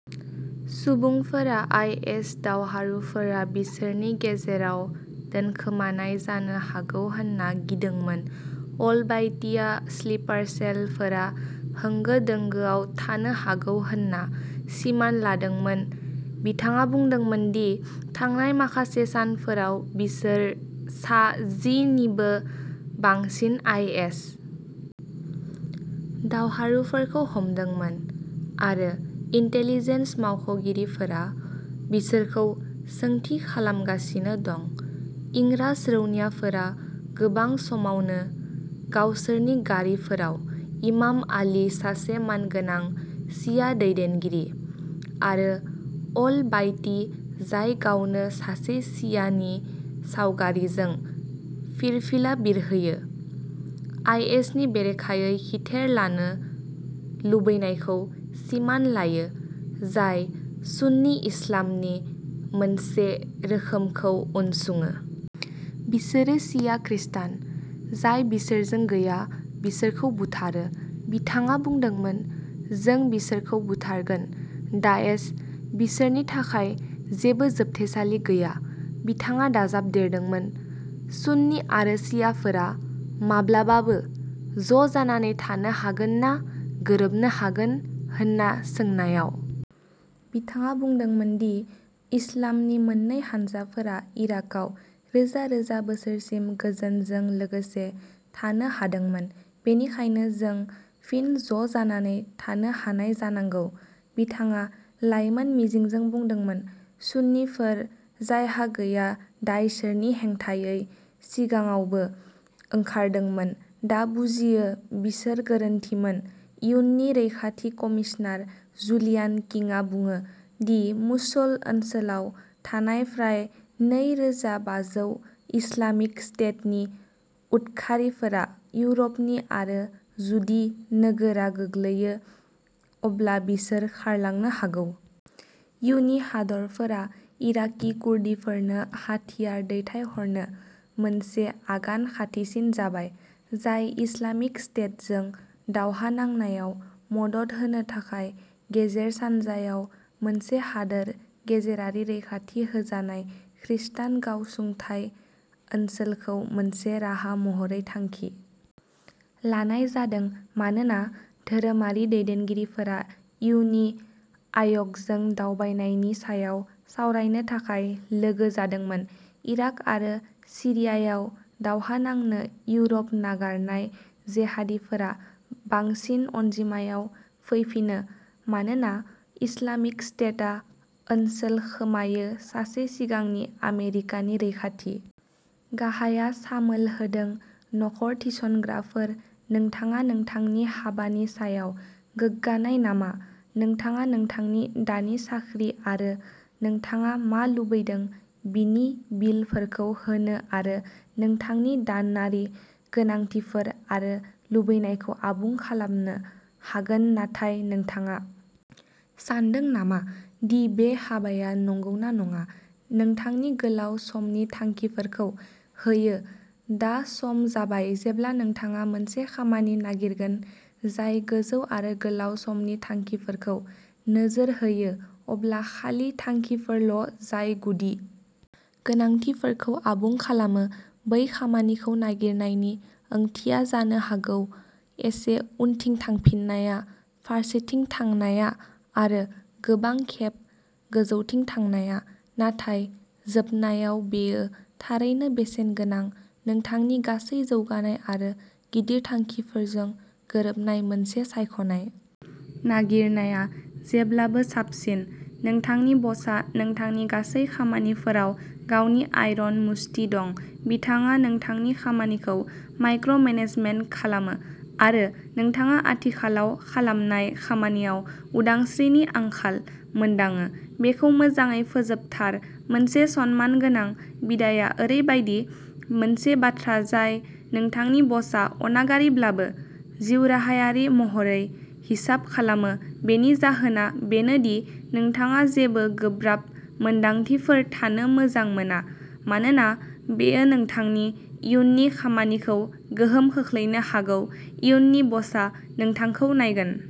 सुबुंफोरा आइएस दावहारुफोरा बिसोरनि गेजेराव दोनखोमानाय जानो हागौ होन्ना गिदोंमोन अल-बायतिआ स्लिपार सेल फोरा होंगो दोंगोआव थानो हागौ होन्ना सिमान लादोंमोन बिथाङा बुंदोंमोन दि थांनाय माखासे सानफोराव बिसोर सा जि निबो बांसिन आइएस दावहारुफोरखौ हमदोंमोन आरो इन्टेलिजेन्स मावख'गिरिफोरा बिसोरखौ सोंथि खालामगासिनो दं इंरास रौनियाफोरा गोबां समावनो गावसोरनि गारिफोराव इमाम आलि सासे मानगोनां शिया दैदेनगिरि आरो अल बायती जाय गावनो सासे शिया नि सावगारिजों फिरफिला बिरहोयो आइएसनि बेरेखायै खिथेर लानो लुबैनायखौ सिमान लायो जाय सुन्नी इस्लामनि मोनसे रोखोमखौ उनसङो। बिसोरो शिया खृस्टान जाय बिसोरजों गैया बिसोरखौ बुथारो बिथाङा बुंदोंमोन जों बिसोरखौ बुथारगोन दाएस बिसोरनि थाखाय जेबो जोबथेसालि गैया बिथाङा दाजाबदेरदोंमोन सुन्नी आरो शियाफोरा माब्लाबाबो ज'जानानै थानो हागोन ना गोरोबनो हागोन होन्ना सोंनायाव बिथाङा बुंदोंमोन दि इस्लामनि मोन्नै हानजाफोरा इराकाव रोजा रोजा बोसोरसिम गोजोनजों लोगोसे थानो हादोंमोन बेनिखायनो जों फिन ज'जानानै थानो हानाय जानांगौ बिथाङा लाइमोन मिजिंजों बुंदोंमोन सुन्नीफोर जायहा गैया दाइशनि हेंथायै सिगाङावबो ओंखारदोंमोन दा बुजियो बिसोर गोरोन्थिमोन इयुनि रैखाथि कमिसनार जुलियान किंआ बुङो दि मसुल ओनसोलाव थानाय फ्राय नै रोजा बाजौ इस्लामिक स्टेटनि उदखारिफोरा इउर'पनि आरो जुदि नोगोरआ गोग्लैयो अब्ला बिसोर खारलांनो हागौ। इयुनि हादोरफोरा इराकी कुर्दिफोरनो हाथियार दैथायहरनो मोनसे आगान खाथिसिन जाबाय जाय इस्लामिक स्टेटजों दावहा नांनायाव मदद होनो थाखाय गेजेर सानजायाव मोनसे हादोर गेजेरारि रैखाथि होजानाय खृस्टान गावखुंथाय ओनसोल खौ मोनसे राहा महरै थांखि लानाय जादों मानोना धोरोमारि दैदेनगिरिफोरा इयुनि आय'गजों दावबायनायनि सायाव सावरायनो थाखाय लोगो जादोंमोन इराक आरो सिरियायाव दावहा नांनो इउर'प नागारनाय जेहादीफोरा बांसिन अनजिमायाव फैफिनो मानोना इस्लामिक स्टेटआ ओनसोल खोमायो सासे सिगांनि आमेरिकानि रैखाथि गाहायआ सामोल होदों नखर थिसनग्राफोर नोंथाङा नोंथांनि हाबानि सायाव गोग्गानाय नामा नोंथाङा नोंथांनि दानि साख्रि आरो नोंथाङा मा लुबैदों बिनि बिलफोरखौ होनो आरो नोंथांनि दानारि गोनांथिफोर आरो लुबैनायखौ आबुं खालामनो हागोन नाथाय नोंथाङा सानदों नामा दि बे हाबाया नंगौना नङा नोंथांनि गोलाव समनि थांखिफोरखौ होयो दा सम जाबाय जेब्ला नोंथाङा मोनसे खामानि नागिरगोन जाय गोजौ आरो गोलाव समनि थांखिफोरखौ नोजोर होयो अब्ला खालि थांखिफोरल' जाय गुदि गोनांथिफोरखौ आबुं खालामो बै खामानिखौ नागिरनायनि ओंथिया जानो हागौ एसे उनथिं थांफिननाया फारसेथिं थांनाया आरो गोबां खेब गोजौथिं थांनाया नाथाय जोबनायाव बेयो थारैनो बेसेनगोनां नोंथांनि गासै जौगानाय आरो गिदिर थांखिफोरजों गोरोबनाय मोनसे सायख'नाय नागिरनाया जेब्लाबो साबसिन नोंथांनि बसआ नोंथांनि गासै खामानिफोराव गावनि आइर'न मुष्टि दं बिथाङा नोंथांनि खामानिखौ माइक्र'मेनेजमेन्ट खालामो आरो नोंथाङा आथिखालाव खालामनाय खामानियाव उदांस्रिनि आंखाल मोनदाङो बेखौ मोजाङै फोजोबथार मोनसे सनमानगोनां बिदाइआ ओरैबायदि मोनसे बाथ्रा जाय नोंथांनि बसआ अनागारिब्लाबो जिउराहायारि महरै हिसाब खालामो बेनि जाहोना बेनो दि नोंथाङा जेबो गोब्राब मोन्दांथिफोर थानो मोजां मोना मानोना बेयो नोंथांनि इयुननि खामानिखौ गोहोम खोख्लैनो हागौ इयुननि बसआ नोंथांखौ नायगोन।